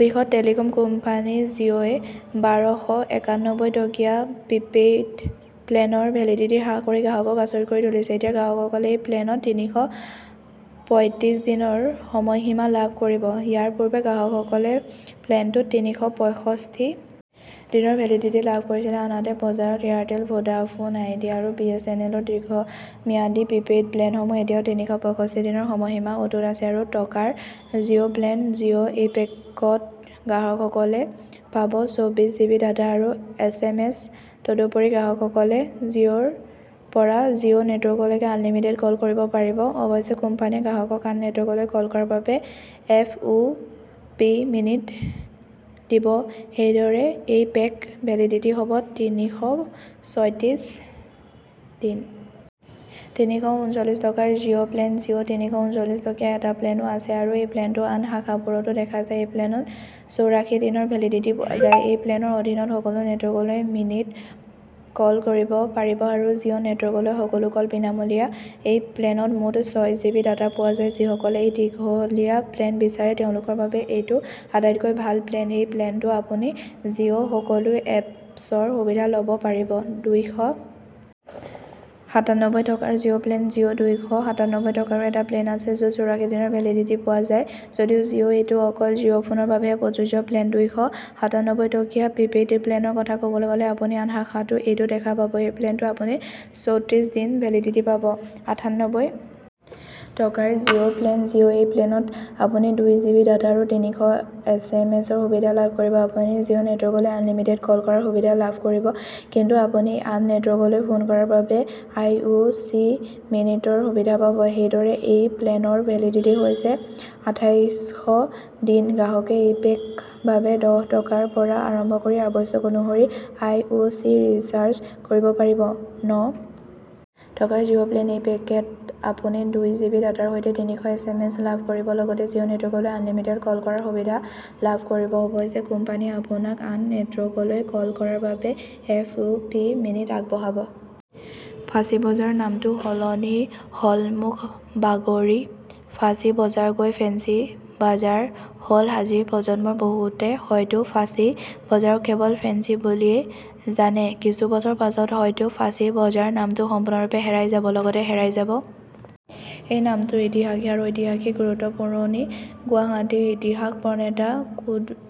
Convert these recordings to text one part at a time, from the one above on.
বৃহৎ telecom company জিঅই বাৰ শ একানব্বৈ টকীয়া প্ৰিপেইড প্লেনৰ ভেলিডিটি হ্ৰাস কৰি গ্ৰাহকক আচৰিত কৰি তুলিছে এতিয়া গ্ৰাহকসকলে এই প্লেনত তিনিশ ছয়ত্ৰিশ দিনৰ সময়সীমা লাভ কৰিব ইয়াৰ পূৰ্বে গ্ৰাহকসকলে প্লেনটোত তিনিশ পয়ষষ্ঠি দিনৰ ভেলিডিটি লাভ কৰিছিল আনহাতে বজাৰত এয়াৰটেল ভোডাফোনআইডিয়া আৰু বিএছএন এলৰ দীৰ্ঘম্যাদী প্ৰিপেইড প্লেনসমূহত এতিয়াও তিনিশ পয়ষষ্ঠি দিনৰ সময়সীমা অটুট আছে টকাৰ জিঅ প্লেন জিঅ এই পেকত গ্ৰাহকসকলে পাব চৌবিশ জিবি ডাটা আৰু এছ এম এছতদুপৰি গ্ৰাহকসকলে জিঅ পৰা জিঅ নেটৱৰ্কলৈ আনলিমিটেড কল কৰিব পাৰিব অৱশ্যে কোম্পানীয়ে গ্ৰাহকক আন নেটৱৰ্কলৈ কল কৰাৰ বাবে এফ য়ু পি মিনিট দিব সেইদৰে এই পেক ভেলিডিটি হব তিনিশ ছয়ত্ৰিশ দিন। তিনিশ ঊনচল্লিশ টকাৰ জিঅ প্লেন জিঅ তিনিশ ঊনচল্লিশ টকীয়া এটা প্লেনো আছে আৰু এই প্লেনতো আন শাখাবোৰতো দেখা যায় এই প্লেনত চৌৰাশী দিনৰ ভেলিডিটি পোৱা যায় এই প্লেনৰ অধীনত সকলো নেটৱৰ্কলৈ মিনিট কল কৰিব পাৰিব আৰু জিঅ নেটৱৰ্কলৈ সকলো কল বিনামূলীয়া এই প্লেনত মুঠ ছয় জিবি ডাটা পোৱা যায় যিসকলে এক দীঘলীয়া প্লেন বিচাৰে তেওঁলোকৰ বাবে এইটো আটাইতকৈ ভাল প্লেন এই প্লেনতো আপুনি জিঅ সকলো এপছৰ সুবিধা লব পাৰিব। দুইশ সাতানব্বৈ টকাৰ জিঅ প্লেন জিঅ দুইশ সাতানব্বৈ টকাৰো এটা প্লেন আছে যত চৌৰাশী দিনৰ ভেলিডিটি পোৱা যায় যদিও জিঅ এইটো অকল জিঅ ফোনৰ বাবেহে প্ৰযোজ্য প্লেন। দুইশ সাতানব্বৈ টকীয়া প্ৰিপেইড প্লেনৰ কথা কবলৈ গলে আপুনি আন শাখাতো এইটো দেখা পাব এই প্লেনতো আপুনি চৌত্ৰিশ দিন ভেলিডিটি পাব। আঠানব্বৈ টকাৰ জিঅ প্লেন জিঅ এই প্লেনত আপুনি দুই জিবি ডাটা আৰু তিনিশ এছ এম এছৰ সুবিধা লাভ কৰিব আপুনি জিঅ নেটৱৰ্কলৈ আনলিমিটেড কল কৰাৰ সুবিধা লাভ কৰিব কিন্তু আপুনি আন নেটৱৰ্কলৈ ফোন কৰাৰ বাবে আই য়ু চি মিনিটৰ সুবিধা পাব সেইদৰে এই প্লেনৰ ভেলিডিটি হৈছে আঠাইশ দিন গ্ৰাহকে এই পেক বাবে দহ টকাৰ পৰা আৰম্ভ কৰি আৱশ্যক অনুসৰি আই য়ু চি ৰিচাৰ্জ কৰিব পাৰিব। ন টকাৰ জিঅ প্লেন এই পেকত আপুনি দুই জিবি ডাটাৰ সৈতে তিনিশ এছ এম এছ লাভ কৰিব লগতে জিঅ নেটৱৰ্কলৈ আনলিমিটেড কল কৰাৰ সুবিধা লাভ কৰিব অৱশ্যে কোম্পানীয়ে আপোনাক আন নেটৱৰ্কলৈ কল কৰাৰ বাবে এফ য়ু পি মিনিট আগবঢ়াব। ফাঁচী বজাৰৰ নামটো সলনি হলমুখ বাগৰি ফাঁচী বজাৰ গৈ ফেন্সী বাজাৰ হলআজিৰ প্ৰজন্মৰ বহুতে হয়তো ফাঁচী বজাৰক কেৱল ফেন্সী বুলিয়েই জানেকিছু বছৰ পাছত হয়তো ফাঁচী বজাৰ নামটো সম্পূৰ্ণৰূপে হেৰাই যাব লগতে হেৰাই যাব এই নামটোৰ ইতিহাস ইয়াৰ ঐতিহাসিক গুৰুত্বপুৰণি গুৱাহাটীৰ ইতিহাস প্ৰণেতা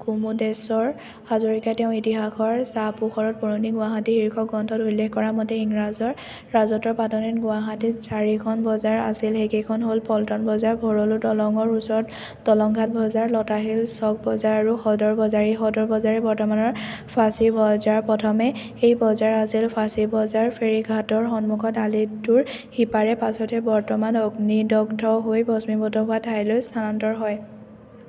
কুমুদেশ্বৰ হাজৰিকাই তেওঁৰ ইতিহাসৰ ছাঁপোহৰত পুৰণি গুৱাহাটী শীৰ্ষক গ্ৰন্থত উল্লেখ কৰা মতে ইংৰাজৰ ৰাজত্বৰ পাতনিত গুৱাহাটীত চাৰিখন বজাৰ আছিলসেইকেইখন হল পল্টন বজাৰ ভৰলু দলঙৰ ওচৰত দলংঘাট বজাৰ লতাশিলৰ চক বজাৰ আৰু সদৰ বজাৰএই সদৰ বজাৰেই বৰ্তমানৰ ফাঁচী বজাৰপ্ৰথমে এই বজাৰ আছিল ফাঁচী বজাৰ ফেৰীঘাটৰ সমুখত আলিটোৰ সিপাৰে পাছতহে বৰ্তমান অগ্নিদগ্ধ হৈ ভস্মীভূত হোৱা ঠাইলৈ স্থানান্তৰ হয়।